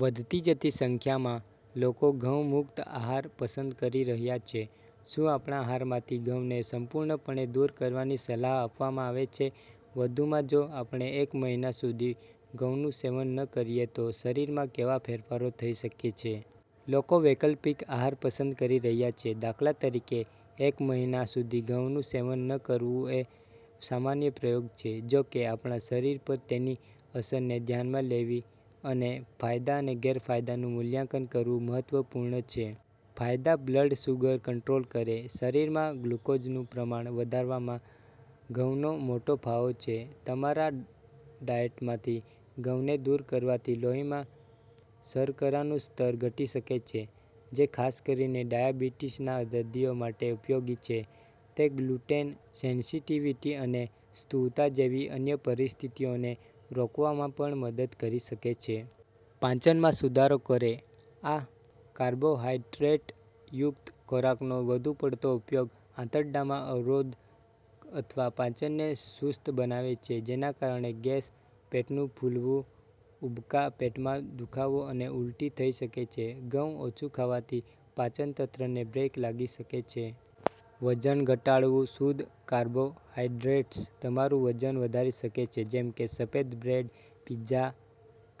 વધતી જતી સંખ્યામાં લોકો ઘઉં-મુક્ત આહાર પસંદ કરી રહ્યા છે. શું આપણા આહારમાંથી ઘઉંને સંપૂર્ણપણે દૂર કરવાની સલાહ આપવામાં આવે છે? વધુમાં, જો આપણે એક મહિના સુધી ઘઉંનું સેવન ન કરીએ તો શરીરમાં કેવા ફેરફારો થઈ શકે છે? લોકો વૈકલ્પિક આહાર પસંદ કરી રહ્યા છે, દાખલા તરીકે, એક મહિના સુધી ઘઉંનું સેવન ન કરવું એ સામાન્ય પ્રયોગ છે. જો કે, આપણા શરીર પર તેની અસરને ધ્યાનમાં લેવી અને ફાયદા અને ગેરફાયદાનું મૂલ્યાંકન કરવું મહત્વપૂર્ણ છે. ફાયદા: બ્લડ સુગર કંટ્રોલ કરે, શરીરમાં ગ્લુકોઝનું પ્રમાણ વધારવામાં ઘઉંનો મોટો ફાળો છે. તમારા ડાયટમાંથી ઘઉંને દૂર કરવાથી લોહીમાં શર્કરાનું સ્તર ઘટી શકે છે, જે ખાસ કરીને ડાયાબિટીસના દર્દીઓ માટે ઉપયોગી છે. તે ગ્લુટેન સેન્સિટિવિટી અને સ્થૂળતા જેવી અન્ય પરિસ્થિતિઓને રોકવામાં પણ મદદ કરી શકે છે. પાચનમાં સુધારો કરે, આ કાર્બોહાઇડ્રેટયુક્ત ખોરાકનો વધુ પડતો ઉપયોગ આંતરડામાં અવરોધ અથવા પાચનને સુસ્ત બનાવે છે, જેના કારણે ગેસ, પેટનું ફૂલવું, ઉબકા, પેટમાં દુખાવો અને ઉલટી થઈ શકે છે. ઘઉં ઓછું ખાવાથી પાચનતંત્રને બ્રેક લાગી શકે છે. વજન ઘટાડવું, શુદ્ધ કાર્બોહાઇડ્રેટ્સ તમારું વજન વધારી શકે છે, જેમ કે સફેદ bread, pizza,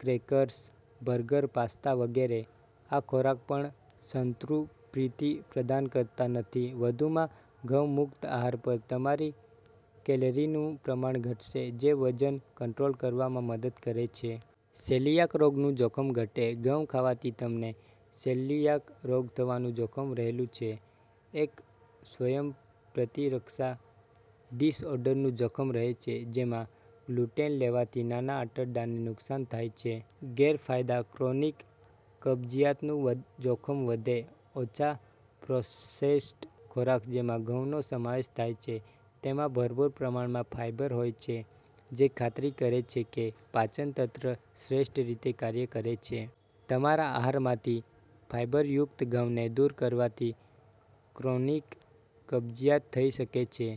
crackers, burger, pasta વગેરે. આ ખોરાક પણ સંતૃપ્તિ પ્રદાન કરતા નથી. વધુમાં, ઘઉં-મુક્ત આહાર પર તમારી કેલરીનું પ્રમાણ ઘટશે, જે વજન કંટ્રોલ કરવામાં મદદ કરે છે. સેલિયાક રોગનું જોખમ ઘટે, ઘઉં ખાવાથી તમને સેલિયાક રોગ થવાનું જોખમ રહેલું છે, એક સ્વયંપ્રતિરક્ષા ડિસઓર્ડરનું જોખમ રહે છે, જેમાં ગ્લુટેન લેવાથી નાના આંતરડાને નુકસાન થાય છે. ગેરફાયદા:ક્રોનિક કબજિયાતનું જોખમ વધે, ઓછા પ્રોસેસ્ડ ખોરાક જેમાં ઘઉંનો સમાવેશ થાય છે તેમાં ભરપૂર પ્રમાણમાં ફાઇબર હોય છે, જે ખાતરી કરે છે કે પાચનતંત્ર શ્રેષ્ઠ રીતે કાર્ય કરે છે. તમારા આહારમાંથી ફાઈબરયુક્ત ઘઉંને દૂર કરવાથી ક્રોનિક કબજિયાત થઈ શકે છે.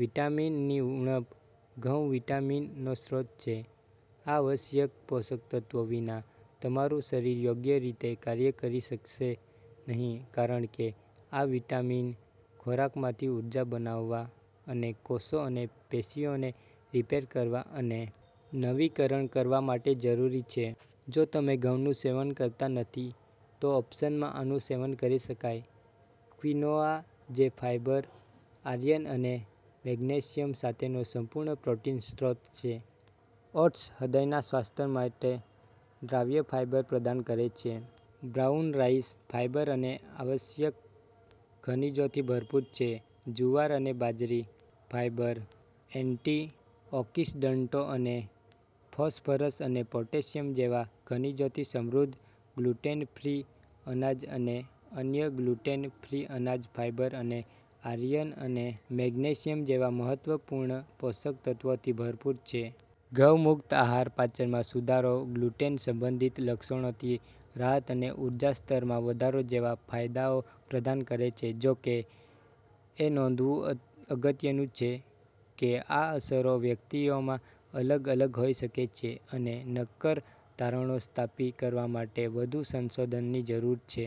વિટામિન ની ઉણપ, ઘઉં વિટામિન નો સ્ત્રોત છે. આ આવશ્યક પોષક તત્ત્વો વિના, તમારું શરીર યોગ્ય રીતે કાર્ય કરી શકશે નહીં કારણ કે આ વિટામિન ખોરાકમાંથી ઊર્જા બનાવવા અને કોષો અને પેશીઓને રિપેર કરવા અને નવીકરણ કરવા માટે જરૂરી છે. જો તમે ઘઉંનું સેવન કરતા નથી તો ઓપ્શનમાં આનું સેવન કરી શકાય: ક્વિનોઆ જે ફાઇબર, આયર્ન અને મેગ્નેશિયમ સાથેનો સંપૂર્ણ પ્રોટીન સ્ત્રોત છે, ઓટ્સ: હૃદયના સ્વાસ્થ્ય માટે દ્રાવ્ય ફાઇબર પ્રદાન કરે છે, બ્રાઉન રાઈસ: ફાઈબર અને આવશ્યક ખનિજોથી ભરપૂર છે, જુવાર અને બાજરી: ફાઇબર, એન્ટીઑકિસડન્ટો અને ફોસ્ફરસ અને પોટેશિયમ જેવા ખનિજોથી સમૃદ્ધ ગ્લુટેન ફ્રી અનાજ અને અન્ય ગ્લુટેન ફ્રી અનાજ ફાઇબર અને આયર્ન અને મેગ્નેશિયમ જેવા મહત્વપૂર્ણ પોષક તત્વોથી ભરપૂર છે. ઘઉં-મુક્ત આહાર પાચનમાં સુધારો, ગ્લુટેન-સંબંધિત લક્ષણોથી રાહત અને ઉર્જા સ્તરમાં વધારો જેવા ફાયદાઓ પ્રદાન કરે છે. જો કે, એ નોંધવું અગત્યનું છે કે આ અસરો વ્યક્તિઓમાં અલગ અલગ હોઈ શકે છે, અને નક્કર તારણો સ્થાપિત કરવા માટે વધુ સંશોધનની જરૂર છે.